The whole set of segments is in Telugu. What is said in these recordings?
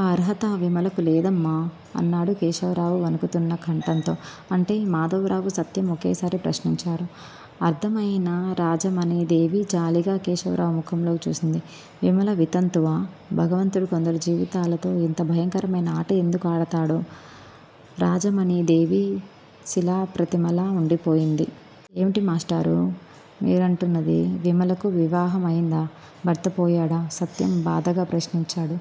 ఆ అర్హత విమలకు లేదమ్మా! అన్నాడు కేశవరావు వణుకుతున్న కంఠంతో. అంటే? మాధవరావు, సత్యం ఒకేసారి ప్రశ్నించారు. అర్ధం అయిన రాజమణీదేవి జాలిగా కేశవరావు ముఖంలోకి చూసింది. 'విమల వితంతువా? భగవంతుడు కొందరు జీవితాలతో ఇంత భయంకరమైన ఆట ఎందుకు ఆడతాడో? ' రాజమణీదేవి శిలాప్రతిమలా ఉండిపోయింది. ఏమిటి మాష్టారూ మీరంటున్నది? విమలకు వివాహం అయిందా? భర్తపోయాడా? సత్యం బాధగా ప్రశ్నించాడు.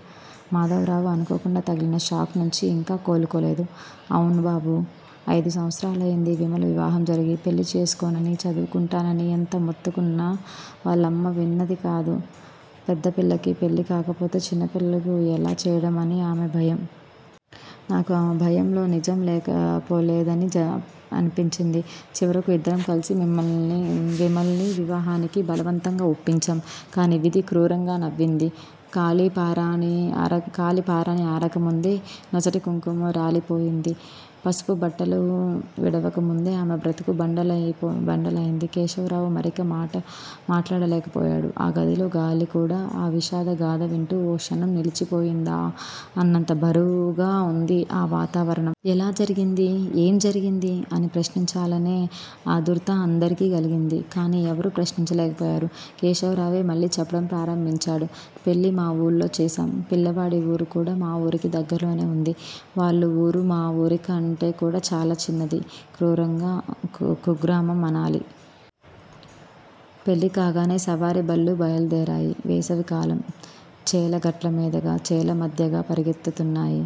మాధవరావు అనుకోకుండా తగిలిన షాక్ నుంచి ఇంకా కోలుకోలేదు. అవును బాబూ! ఐదు సంవత్సరాలయింది విమల వివాహం జరిగి! పెళ్ళి చేసుకోననీ, చదువుకుంటాననీ ఎంత మొత్తుకున్నా, వాళ్ళమ్మ విన్నదికాదు. పెద్దపిల్లకి పెళ్ళికాకపోతే చిన్నపిల్లకు ఎలా చెయ్యడం అని ఆమె భయం. నాకు ఆమె భయంలో నిజం లేకపోలేదని పించింది. చివరకు ఇద్దరం కలిసి విమల్ని వివాహానికి బలవంతంగా ఒప్పించాం. కాని విధి క్రూరంగా నవ్వింది. కాళి పారాణి అరకముందే నొసటి కుంకుమ రాలిపోయింది. పసుపుబట్టలు విడవకముందే ఆమె బ్రతుకు బండలైంది! కేశవరావు మరిక మాట్లాడలేకపోయాడు. ఆ గదిలో గాలికూడా ఆ విషాద గాథ వింటూ ఓ క్షణం నిలిచిపోయిందా అన్నంత బరువుగావుంది ఆ వాతావరణం! ఎలా జరిగిందీ? ఏం జరిగిందీ? అని ప్రశ్నించాలనే ఆదుర్దా అందరికీ కలిగింది. కాని ఎవరూ ప్రశ్నించలేకపోయారు. కేశవరావే మళ్ళీ చెప్పడం ప్రారంభించాడు పెళ్ళి మా ఊళ్లో చేశాం. పిల్లవాడి ఊరుకూడా మా ఊరికి దగ్గర్లోనే ఉంది. వాళ్ళ ఊరు మా ఊరికంటెకూడా చాలా చిన్నది. కుగ్రామం అనాలి. పెళ్ళికాగానే సవారిబళ్ళు బయలుదేరాయి. వేసవికాలం. చేల గట్లమీదగా, చేలమధ్యగా పరుగెత్తుతున్నాయి.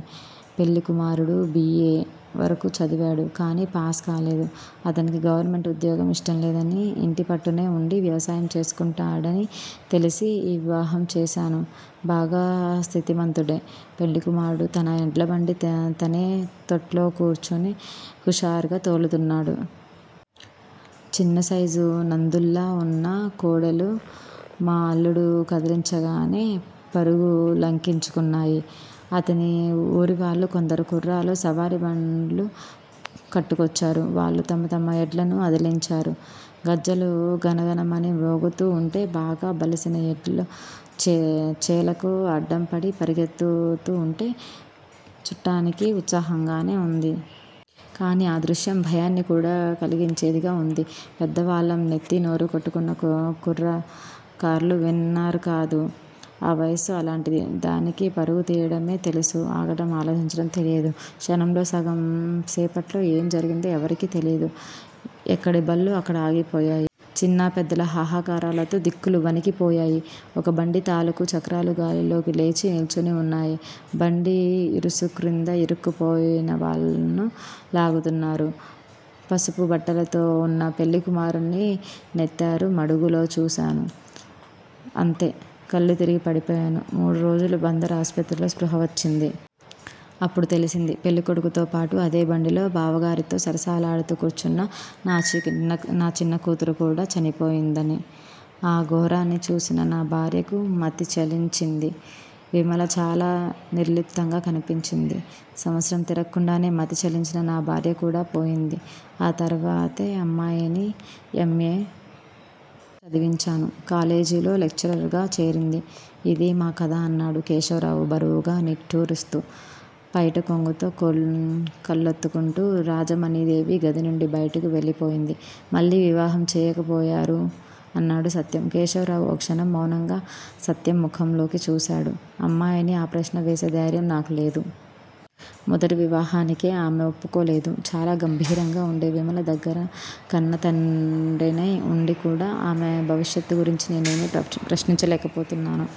పెళ్ళికుమారుడు. బి. ఏ. వరకు చదివాడు, కాని పాస్ కాలేదు. అతనికి గవర్నమెంటు ఉద్యోగం ఇష్టంలేదనీ, ఇంటిపట్టునే ఉండి వ్యవసాయం చేసుకుంటాడనీ తెలిసి ఈ వివాహం చేశాను. బాగా స్థితిమంతుడే! పెండ్లికుమారుడు తన ఎడ్లబండి తనే తొట్లో కూర్చుని హుషారుగా తోలుతున్నాడు. చిన్నసైజు నందుల్లా ఉన్న కోడెలు మా అల్లుడు కదిలించగానే పరుగు లంకించుకున్నాయి. అతని ఊరివాళ్ళు కొందరు కుర్రాళ్ళు సవారిబండ్లు కట్టుకొచ్చారు. వాళ్ళు తమ తమ ఎడ్లను అదిలించారు. గజ్జలు గణగణమని మ్రోగుతూ వుంటే, బాగా బలిసిన ఎడ్లు చేలకు అడ్డంపడి పరుగెత్తుతూవుంటే చుట్టానికి ఉత్సాహంగానే ఉంది. కాని ఆ దృశ్యం భయాన్ని కూడా కలిగించేదిగా ఉంది. పెద్దవాళ్ళం నెత్తీ, నోరు కొట్టుకున్నా కుర్రకార్లు విన్నారుకాదు. ఆ వయస్సు అలాంటిది. దానికి పరుగు తీయటమే తెలుసు. ఆగటం, ఆలోచించడం తెలియదు. క్షణంలో సగం సేపట్లో ఏం జరిగిందో ఎవరికీ తెలియలేదు. ఎక్కడిబళ్ళు అక్కడ ఆగిపోయాయి. చిన్నా పెద్దల హాహాకారాలతో దిక్కులు వణికిపోయాయి. ఒక బండి తాలూకు చక్రాలు గాలిలోకి లేచి నిల్చొని ఉన్నాయి. బండి ఇరుసుక్రింద ఇరుక్కుపోయినవాళ్ళను లాగుతున్నారు. పసుపు బట్టలతోవున్న పెళ్ళికుమారుణ్ణి నెత్తురు మడుగులో చూశాను. అంతే. కళ్ళు తిరిగి పడిపోయాను. మూడు రోజుల బందరు ఆసుపత్రిలో స్పృహ వచ్చింది. అప్పుడు తెలిసింది, పెళ్ళికొడుకుతోపాటు అదేబండిలో బావగారితో సరసాలాడుతూ కూర్చున్న నా చిన్నకూతురుకూడా చనిపోయిందని! ఆ ఘోరాన్ని చూసిన నా భార్యకు మతి చలించింది. విమల చాలా నిర్లిప్తంగా కనిపించింది. సంవత్సరం తిరక్కండానే మతి చలించిన నా భార్యకూడా పోయింది. ఆ తరువాతే అమ్మాయిని ఎం. ఏ. చదివించాను. కాలేజిలో లెక్చరర్ గా చేరింది. ఇదీ మా కథ! అన్నాడు కేశవరావు బరువుగా నిట్టూరుస్తూ. పైట కొంగుతో కళ్ళొత్తుకుంటూ రాజమణీదేవి గదినుండి బయటకు వెళ్ళిపోయింది. మళ్ళీ వివాహం చేయకపోయారూ? అన్నాడు సత్యం. కేశవరావు ఓ క్షణం మౌనంగా సత్యం ముఖంలోకి చూశాడు. అమ్మాయిని ఆ ప్రశ్న వేసే ధైర్యం నాకు లేదు. మొదటి వివాహానికే ఆమె ఒప్పుకోలేదు. చాలా గంభీరంగా ఉండే విమల దగ్గర కన్నతండ్రినై ఉండికూడా ఆమె భవిష్యత్తుగురించి నేనేమీ ప్రశ్నించలేకపోతున్నాను